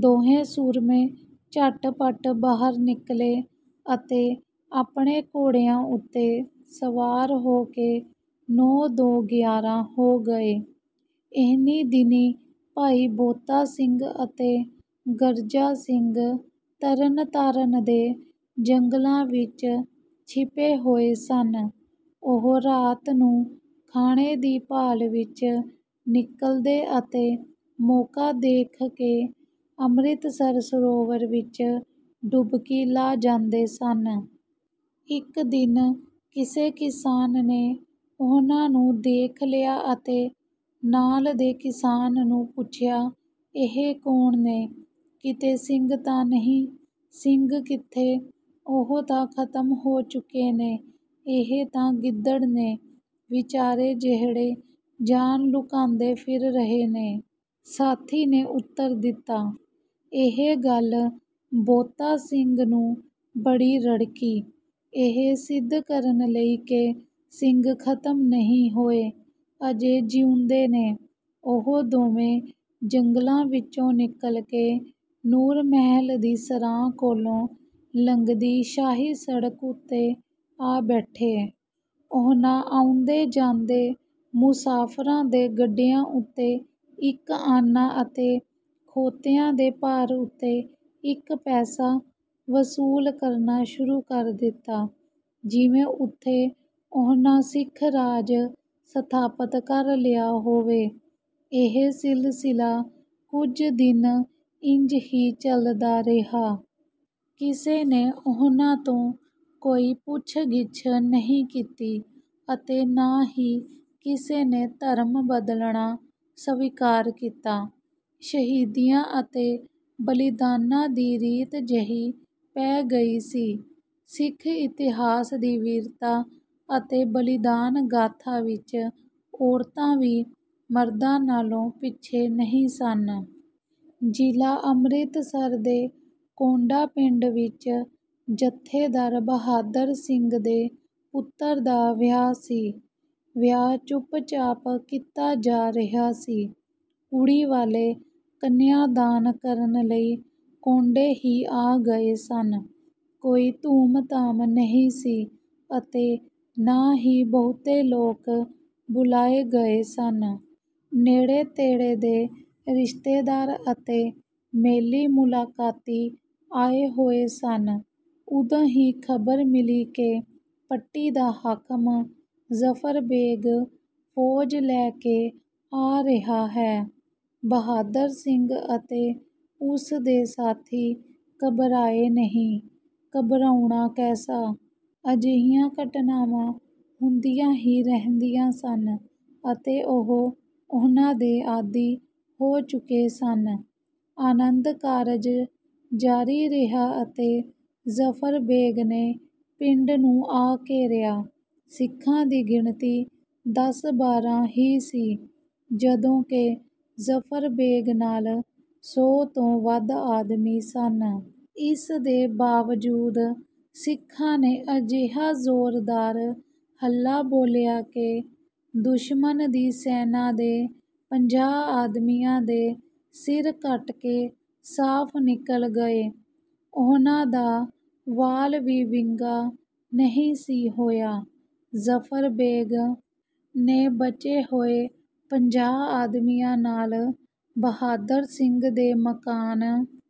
ਦੋਹੇਂ ਸੂਰਮੇ ਝਟਪਟ ਬਾਹਰ ਨਿਕਲੇ ਅਤੇ ਆਪਣੇ ਘੋੜਿਆਂ ਉੱਤੇ ਸਵਾਰ ਹੋ ਕੇ ਨੌਂ ਦੋ ਗਿਆਰਾਂ ਹੋ ਗਏ। ਇਹਨੀਂ ਦਿਨੀਂ ਭਾਈ ਬੋਤਾ ਸਿੰਘ ਅਤੇ ਗਰਜਾ ਸਿੰਘ ਤਰਨਤਾਰਨ ਦੇ ਜੰਗਲਾਂ ਵਿੱਚ ਛਿਪੇ ਹੋਏ ਸਨ। ਉਹ ਰਾਤ ਨੂੰ ਖਾਣੇ ਦੀ ਭਾਲ ਵਿੱਚ ਨਿਕਲਦੇ ਅਤੇ ਮੌਕਾ ਦੇਖ ਕੇ ਅੰਮ੍ਰਿਤਸਰ ਸਰੋਵਰ ਵਿੱਚ ਡੁਬਕੀ ਲਾ ਜਾਂਦੇ ਸਨ। ਇੱਕ ਦਿਨ ਕਿਸੇ ਕਿਸਾਨ ਨੇ ਉਹਨਾਂ ਨੂੰ ਦੇਖ ਲਿਆ ਅਤੇ ਨਾਲ ਦੇ ਕਿਸਾਨ ਨੂੰ ਪੁੱਛਿਆ, "ਇਹ ਕੌਣ ਨੇ? ਕਿਤੇ ਸਿੰਘ ਤਾਂ ਨਹੀਂ?" "ਸਿੰਘ ਕਿੱਥੇ? ਉਹ ਤਾਂ ਖ਼ਤਮ ਹੋ ਚੁੱਕੇ ਨੇ, ਇਹ ਤਾਂ ਗਿੱਦੜ ਨੇ ਵਿਚਾਰੇ ਜਿਹੜੇ ਜਾਨ ਲੁਕਾਂਦੇ ਫਿਰ ਰਹੇ ਨੇ।" ਸਾਥੀ ਨੇ ਉੱਤਰ ਦਿੱਤਾ। ਇਹ ਗੱਲ ਬੋਤਾ ਸਿੰਘ ਨੂੰ ਬੜੀ ਰੜਕੀ। ਇਹ ਸਿੱਧ ਕਰਨ ਲਈ ਕਿ ਸਿੰਘ ਖ਼ਤਮ ਨਹੀਂ ਹੋਏ, ਅਜੇ ਜਿਉਂਦੇ ਨੇ, ਉਹ ਦੋਵੇਂ ਜੰਗਲਾਂ ਵਿੱਚੋਂ ਨਿਕਲ ਕੇ ਨੂਰ ਮਹਿਲ ਦੀ ਸਰਾਂ ਕੋਲੋਂ ਲੰਘਦੀ ਸ਼ਾਹੀ ਸੜਕ ਉੱਤੇ ਆ ਬੈਠੇ। ਉਹਨਾਂ ਆਉਂਦੇ-ਜਾਂਦੇ ਮੁਸਾਫਰਾਂ ਦੇ ਗੱਡਿਆਂ ਉੱਤੇ ਇੱਕ ਆਨਾ ਅਤੇ ਖੋਤਿਆਂ ਦੇ ਭਾਰ ਉੱਤੇ ਇੱਕ ਪੈਸਾ ਵਸੂਲ ਕਰਨਾ ਸ਼ੁਰੂ ਕਰ ਦਿੱਤਾ, ਜਿਵੇਂ ਉੱਥੇ ਉਹਨਾਂ ਸਿੱਖ ਰਾਜ ਸਥਾਪਤ ਕਰ ਲਿਆ ਹੋਵੇ। ਇਹ ਸਿਲਸਿਲਾ ਕੁਝ ਦਿਨ ਇੰਜ ਹੀ ਚੱਲਦਾ ਰਿਹਾ। ਕਿਸੇ ਨੇ ਉਹਨਾਂ ਤੋਂ ਕੋਈ ਪੁੱਛ-ਗਿੱਛ ਨਹੀਂ ਕੀਤੀ ਅਤੇ ਨਾ ਹੀ ਕਿਸੇ ਨੇ ਧਰਮ ਬਦਲਣਾ ਸਵੀਕਾਰ ਕੀਤਾ। ਸ਼ਹੀਦੀਆਂ ਅਤੇ ਬਲੀਦਾਨਾਂ ਦੀ ਰੀਤ ਜਿਹੀ ਪੈ ਗਈ ਸੀ। ਸਿੱਖ ਇਤਿਹਾਸ ਦੀ ਵੀਰਤਾ ਅਤੇ ਬਲੀਦਾਨ ਗਾਥਾ ਵਿੱਚ ਔਰਤਾਂ ਵੀ ਮਰਦਾਂ ਨਾਲੋਂ ਪਿੱਛੇ ਨਹੀਂ ਸਨ। ਜ਼ਿਲ੍ਹਾ ਅੰਮ੍ਰਿਤਸਰ ਦੇ ਕੌਂਡਾ ਪਿੰਡ ਵਿੱਚ ਜਥੇਦਾਰ ਬਹਾਦਰ ਸਿੰਘ ਦੇ ਪੁੱਤਰ ਦਾ ਵਿਆਹ ਸੀ। ਵਿਆਹ ਚੁੱਪ-ਚਾਪ ਕੀਤਾ ਜਾ ਰਿਹਾ ਸੀ। ਕੁੜੀ ਵਾਲੇ ਕੰਨਿਆਂ ਦਾਨ ਕਰਨ ਲਈ ਕੌਂਡੇ ਹੀ ਆ ਗਏ ਸਨ। ਕੋਈ ਧੂਮ-ਧਾਮ ਨਹੀਂ ਸੀ ਅਤੇ ਨਾ ਹੀ ਬਹੁਤੇ ਲੋਕ ਬੁਲਾਏ ਗਏ ਸਨ। ਨੇੜੇ-ਤੇੜੇ ਦੇ ਰਿਸ਼ਤੇਦਾਰ ਅਤੇ ਮੇਲੀ-ਮੁਲਾਕਾਤੀ ਆਏ ਹੋਏ ਸਨ। ਉਦੋਂ ਹੀ ਖ਼ਬਰ ਮਿਲੀ ਕਿ ਪੱਟੀ ਦਾ ਹਾਕਮ ਜ਼ਫ਼ਰ ਬੇਗ਼ ਫੌਜ ਲੈ ਕੇ ਆ ਰਿਹਾ ਹੈ। ਬਹਾਦਰ ਸਿੰਘ ਅਤੇ ਉਸਦੇ ਸਾਥੀ ਘਬਰਾਏ ਨਹੀਂ। ਘਬਰਾਉਣਾ ਕੈਸਾ? ਅਜਿਹੀਆਂ ਘਟਨਾਵਾਂ ਹੁੰਦੀਆਂ ਹੀ ਰਹਿੰਦੀਆਂ ਸਨ ਅਤੇ ਉਹ ਉਹਨਾਂ ਦੇ ਆਦੀ ਹੋ ਚੁੱਕੇ ਸਨ। ਆਨੰਦ ਕਾਰਜ ਜਾਰੀ ਰਿਹਾ ਅਤੇ ਜ਼ਫ਼ਰ ਬੇਗ਼ ਨੇ ਪਿੰਡ ਨੂੰ ਆ ਘੇਰਿਆ। ਸਿੱਖਾਂ ਦੀ ਗਿਣਤੀ ਦਸ-ਬਾਰਾਂ ਹੀ ਸੀ ਜਦੋਂ ਕਿ ਜ਼ਫ਼ਰ ਬੇਗ਼ ਨਾਲ ਸੌ ਤੋਂ ਵੱਧ ਆਦਮੀ ਸਨ। ਇਸ ਦੇ ਬਾਵਜੂਦ ਸਿੱਖਾਂ ਨੇ ਅਜਿਹਾ ਜ਼ੋਰਦਾਰ ਹੱਲਾ ਬੋਲਿਆ ਕਿ ਦੁਸ਼ਮਨ ਦੀ ਸੈਨਾ ਦੇ ਪੰਜਾਹ ਆਦਮੀਆਂ ਦੇ ਸਿਰ ਕੱਟ ਕੇ ਸਾਫ਼ ਨਿਕਲ ਗਏ। ਉਹਨਾਂ ਦਾ ਵਾਲ ਵੀ ਵਿੰਗਾ ਨਹੀਂ ਸੀ ਹੋਇਆ। ਜ਼ਫ਼ਰ ਬੇਗ਼ ਨੇ ਬਚੇ ਹੋਏ ਪੰਜਾਹ ਆਦਮੀਆਂ ਨਾਲ ਬਹਾਦਰ ਸਿੰਘ ਦੇ ਮਕਾਨ